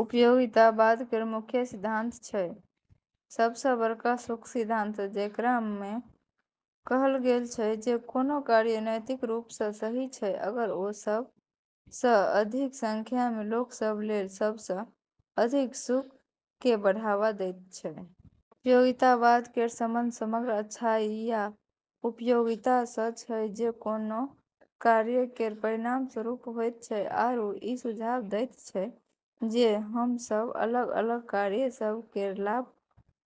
उपयोगितावाद केर मुख्य सिद्धांत छै सब सँ बड़का सुख सिद्धांत, जेकरा मे कहल गेल छै जे कोनो कार्य नैतिक रूप सँ सही छै अगर ओ सब सँ अधिक संख्या मे लोक सभ लेल सब सँ अधिक सुख केँ बढ़ावा दैत छै। उपयोगितावाद केर संबंध समग्र अच्छाई या "उपयोगिता" सँ छै जे कोनो कार्य केर परिणामस्वरूप होइत छै, आरू ई सुझाव दैत छै जे हम सभ अलग-अलग कार्य सभ केर लाभ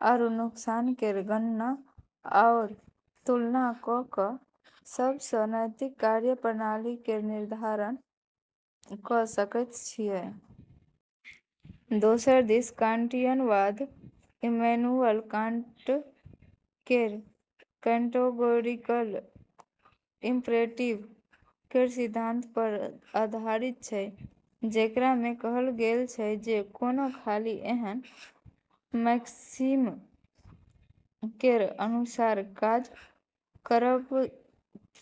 आरू नुकसान केर गणना आओर तुलना कऽ कऽ सब सँ नैतिक कार्य-प्रणाली केर निर्धारण कऽ सकैत छियै। दोसर दिस कांटियनवाद इमैनुएल कांट केर कैटेगोरिकल इम्परेटिव केर सिद्धांत पर आधारित छै, जेकरा मे कहल गेल छै जे कोनो खाली एहन मैक्सिम केर अनुसार काज करब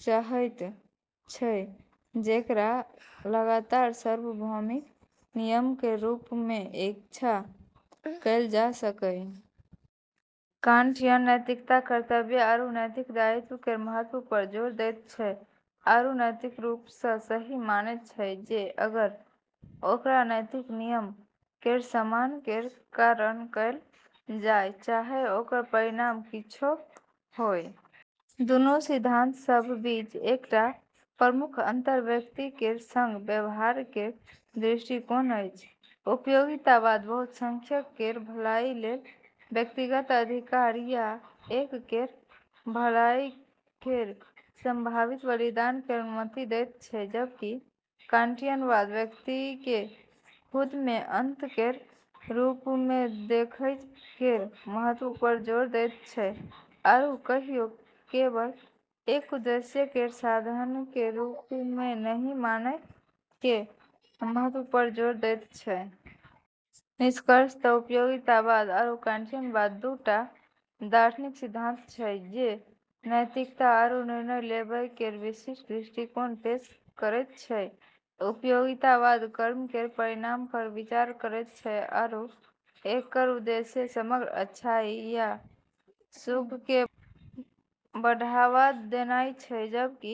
चाहैत छै जेकरा लगातार सार्वभौमिक नियम केर रूप मे इच्छा कएल जा सकए। कांटियन नैतिकता कर्तव्य आरू नैतिक दायित्व केर महत्व पर जोर दैत छै, आरू नैतिक रूप सँ सही मानैत छै जे अगर ओकरा नैतिक नियम केर सम्मान केर कारण कएल जाय, चाहे ओकर परिणाम किछौ होअय। दुनू सिद्धांत सभ बीच एकटा प्रमुख अंतर व्यक्ति केर संग व्यवहार केर दृष्टिकोण अछि। उपयोगितावाद बहुसंख्यक केर भलाई लेल व्यक्तिगत अधिकार या एक केर भलाई केर संभावित बलिदान केर अनुमति दैत छै, जबकि कांटियनवाद व्यक्ति केँ खुद मे अंत केर रूप मे देखै केर महत्व पर जोर दैत छै, आरू कहियो केवल एक उद्देश्य केर साधन केर रूप मे नहि मानै केर महत्व पर जोर दैत छै। निष्कर्षतः उपयोगितावाद आरू कांटियनवाद दू टा दार्शनिक सिद्धांत छै जे नैतिकता आरू निर्णय लेबै केर विशिष्ट दृष्टिकोण पेश करैत छै। उपयोगितावाद कर्म केर परिणाम पर विचार करैत छै आरू एकर उद्देश्य समग्र अच्छाई या सुख केँ बढ़ावा देनाय छै, जबकि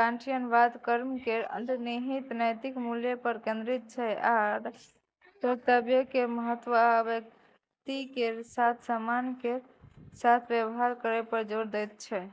कांटियनवाद कर्म केर अंतर्निहित नैतिक मूल्य पर केंद्रित छै आर कर्तव्य केर महत्व आ व्यक्ति केर साथ सम्मान केर साथ व्यवहार करै पर जोर दैत छै।